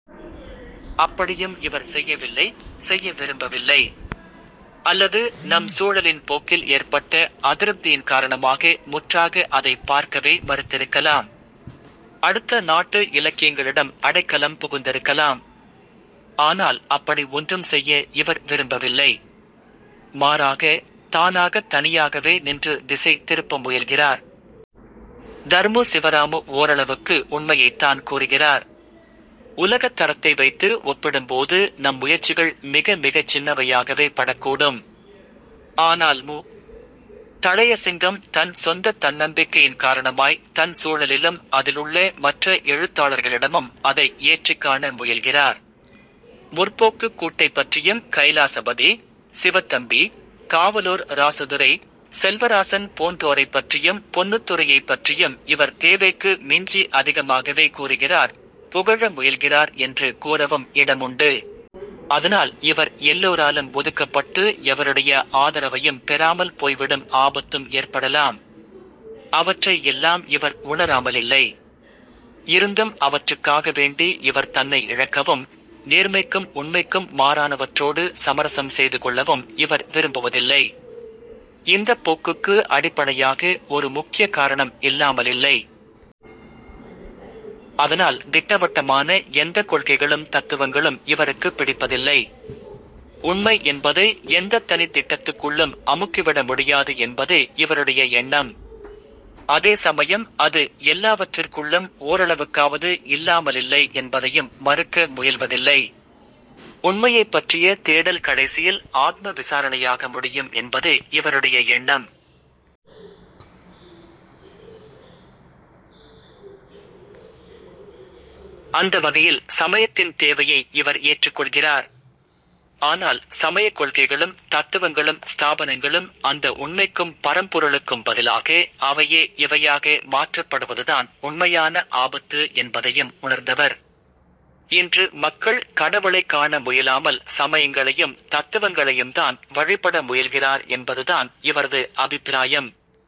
அப்படியும் இவர் செய்யவில்லை, செய்ய விரும்பவில்லை. அல்லது நம் சூழலின் போக்கில் ஏற்பட்ட அதிருப்தியின் காரணமாக முற்றாக அதைப் பார்க்கவே மறுத்திருக்கலாம். அடுத்த நாட்டு இலக்கியங்களிடம் அடைக்கலம் புகுந்திருக்கலாம். ஆனால் அப்படி ஒன்றும் செய்ய இவர் விரும்பவில்லை. மாறாக, தானாகத் தனியாகவே நின்று திசை திருப்ப முயல்கிறார். தர்மு சிவராமு ஓரளவுக்கு உண்மையைத்தான் கூறுகிறார். உலகத் தரத்தை வைத்து ஒப்பிடும்போது நம் முயற்சிகள் மிக மிகச் சின்னவையாகவே படக்கூடும். ஆனால் மு. தளையசிங்கம் தன் சொந்தத் தன்னம்பிக்கையின் காரணமாய் தன் சூழலிலும் அதிலுள்ள மற்ற எழுத்தாளர்களிடமும் அதை ஏற்றிக்காண முயல்கிறார். 'முற்போக்கு'க் கூட்டைப்பற்றியும் கைலாசபதி, சிவத்தம்பி, காவலூர் ராசதுரை, செல்வராசன் போன்றோரைப்பற்றியும் பொன்னுத்துரையைப் பற்றியும் இவர் தேவைக்கு மிஞ்சி அதிகமாகவே கூறுகிறார், புகழ முயல்கிறார் என்று கூறவும் இடமுண்டு. அதனால் இவர் எல்லோராலும் ஒதுக்கப்பட்டு எவருடைய ஆதரவையும் பெறாமல் போய்விடும் ஆபத்தும் ஏற்படலாம். அவற்றை எல்லாம் இவர் உணராமலில்லை. இருந்தும் அவற்றுக்காக வேண்டி இவர் தன்னை இழக்கவும், நேர்மைக்கும் உண்மைக்கும் மாறானவற்றோடு சமரசம் செய்துகொள்ளவும் இவர் விரும்புவதில்லை. இந்தப் போக்குக்கு அடிப்படையாக ஒரு முக்கிய காரணம் இல்லாமலில்லை. அதனால் திட்டவட்டமான எந்தக் கொள்கைகளும் தத்துவங்களும் இவருக்குப் பிடிப்பதில்லை. உண்மை என்பதை எந்தத் தனித் திட்டத்துக்குள்ளும் அமுக்கிவிட முடியாது என்பதே இவருடைய எண்ணம். அதே சமயம் அது எல்லாவற்றிற்குள்ளும் ஓரளவுக்காவது இல்லாமலில்லை என்பதையும் மறுக்க முயல்வதில்லை. உண்மையைப்பற்றிய தேடல் கடைசியில் ஆத்ம விசாரணையாக முடியும் என்பதே இவருடைய எண்ணம். அந்த வகையில் சமயத்தின் தேவையை இவர் ஏற்றுக்கொள்கிறார். ஆனால் சமயக்கொள்கைகளும் தத்துவங்களும் ஸ்தாபனங்களும் அந்த உண்மைக்கும் பரம்பொருளுக்கும் பதிலாக அவையே இவையாக மாற்றப்படுவதுதான் உண்மையான ஆபத்து என்பதையும் உணர்ந்தவர். இன்று மக்கள் கடவுளைக் காண முயலாமல் சமயங்களையும் தத்துவங்களையும்தான் வழிபட முயல்கிறார் என்பதுதான் இவரது அபிப்பிராயம்.